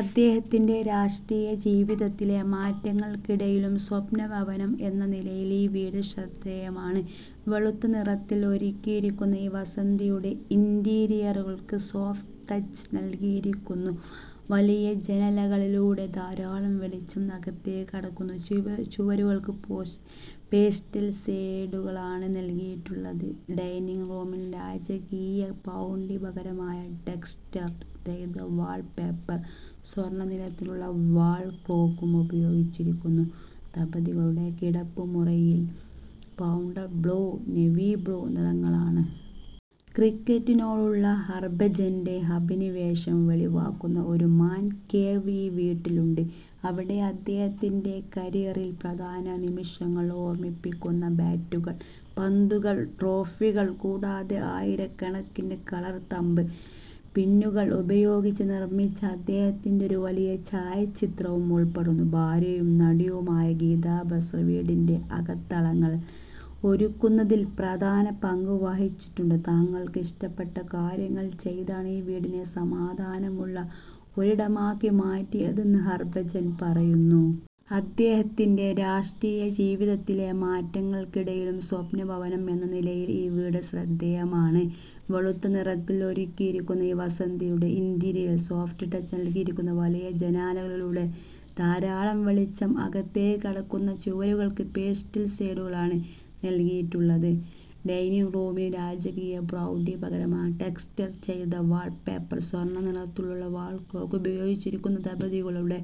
അദ്ദേഹത്തിന്റെ രാഷ്ട്രീയ ജീവിതത്തിലെ മാറ്റങ്ങൾക്കിടയിലും, സ്വപ്നഭവനം എന്ന നിലയിൽ ഈ വീട് ശ്രദ്ധേയമാണ്. വെളുത്ത നിറത്തിൽ ഒരുക്കിയിരിക്കുന്ന ഈ വസതിയുടെ ഇന്റീരിയറുകൾക്ക് 'സോഫ്റ്റ് ടച്ച്' നൽകിയിരിക്കുന്നു, വലിയ ജനാലകളിലൂടെ ധാരാളം വെളിച്ചം അകത്തേക്ക് കടക്കുന്നു, ചുവരുകൾക്ക് പേസ്റ്റൽ ഷേഡുകളാണ് നൽകിയിട്ടുള്ളത്. ഡൈനിങ് റൂമിന് രാജകീയ പ്രൗഢി പകരാൻ ടെക്സ്ചർ ചെയ്ത വാൾപേപ്പറും സ്വർണ നിറത്തിലുള്ള വാൾ ക്ലോക്കും ഉപയോഗിച്ചിരിക്കുന്നു, ദമ്പതികളുടെ കിടപ്പുമുറിയിൽ പൗഡർ-ബ്ലൂ, നേവി ബ്ലൂ നിറങ്ങളാണ്. ക്രിക്കറ്റിനോടുള്ള ഹർഭജന്റെ അഭിനിവേശം വെളിവാക്കുന്ന ഒരു 'മാൻ കേവ്' ഈ വീട്ടിലുണ്ട്, അവിടെ അദ്ദേഹത്തിന്റെ കരിയറിലെ പ്രധാന നിമിഷങ്ങൾ ഓർമ്മിപ്പിക്കുന്ന ബാറ്റുകൾ, പന്തുകൾ, ട്രോഫികൾ, കൂടാതെ ആയിരക്കണക്കിന് കളർ തംബ് പിന്നുകൾ ഉപയോഗിച്ച് നിർമ്മിച്ച അദ്ദേഹത്തിന്റെ ഒരു വലിയ ഛായാചിത്രവും ഉൾപ്പെടുന്നു. ഭാര്യയും നടിയുമായ ഗീത ബസ്ര വീടിന്റെ അകത്തളങ്ങൾ ഒരുക്കുന്നതിൽ പ്രധാന പങ്ക് വഹിച്ചിട്ടുണ്ട്, തങ്ങൾക്ക് ഇഷ്ടപ്പെട്ട കാര്യങ്ങൾ ചെയ്താണ് ഈ വീടിനെ സമാധാനമുള്ള ഒരിടമാക്കി മാറ്റിയതെന്ന് ഹർഭജൻ പറയുന്നു. അദ്ദേഹത്തിന്റെ രാഷ്ട്രീയ ജീവിതത്തിലെ മാറ്റങ്ങൾക്കിടയിലും, സ്വപ്നഭവനം എന്ന നിലയിൽ ഈ വീട് ശ്രദ്ധേയമാണ്. വെളുത്ത നിറത്തിൽ ഒരുക്കിയിരിക്കുന്ന ഈ വസതിയുടെ ഇന്റീരിയറുകൾക്ക് 'സോഫ്റ്റ് ടച്ച്' നൽകിയിരിക്കുന്നു, വലിയ ജനാലകളിലൂടെ ധാരാളം വെളിച്ചം അകത്തേക്ക് കടക്കുന്നു, ചുവരുകൾക്ക് പേസ്റ്റൽ ഷേഡുകളാണ് നൽകിയിട്ടുള്ളത്. ഡൈനിങ് റൂമിന് രാജകീയ പ്രൗഢി പകരാൻ ടെക്സ്ചർ ചെയ്ത വാൾപേപ്പറും സ്വർണ നിറത്തിലുള്ള വാൾ ക്ലോക്കും ഉപയോഗിച്ചിരിക്കുന്നു, ദമ്പതികളുടെ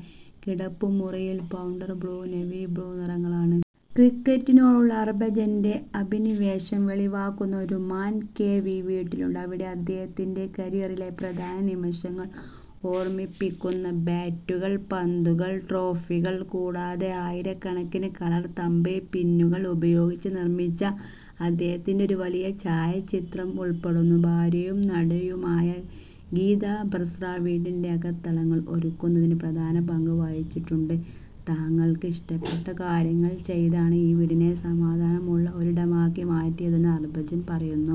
കിടപ്പുമുറിയിൽ പൗഡർ-ബ്ലൂ, നേവി ബ്ലൂ നിറങ്ങളാണ്. ക്രിക്കറ്റിനോടുള്ള ഹർഭജന്റെ അഭിനിവേശം വെളിവാക്കുന്ന ഒരു 'മാൻ കേവ്' ഈ വീട്ടിലുണ്ട്, അവിടെ അദ്ദേഹത്തിന്റെ കരിയറിലെ പ്രധാന നിമിഷങ്ങൾ ഓർമ്മിപ്പിക്കുന്ന ബാറ്റുകൾ, പന്തുകൾ, ട്രോഫികൾ, കൂടാതെ ആയിരക്കണക്കിന് കളർ തംബ് പിന്നുകൾ ഉപയോഗിച്ച് നിർമ്മിച്ച അദ്ദേഹത്തിന്റെ ഒരു വലിയ ഛായാചിത്രവും ഉൾപ്പെടുന്നു. ഭാര്യയും നടിയുമായ ഗീത ബസ്ര വീടിന്റെ അകത്തളങ്ങൾ ഒരുക്കുന്നതിൽ പ്രധാന പങ്ക് വഹിച്ചിട്ടുണ്ട്, തങ്ങൾക്ക് ഇഷ്ടപ്പെട്ട കാര്യങ്ങൾ ചെയ്താണ് ഈ വീടിനെ സമാധാനമുള്ള ഒരിടമാക്കി മാറ്റിയതെന്ന് ഹർഭജൻ പറയുന്നു.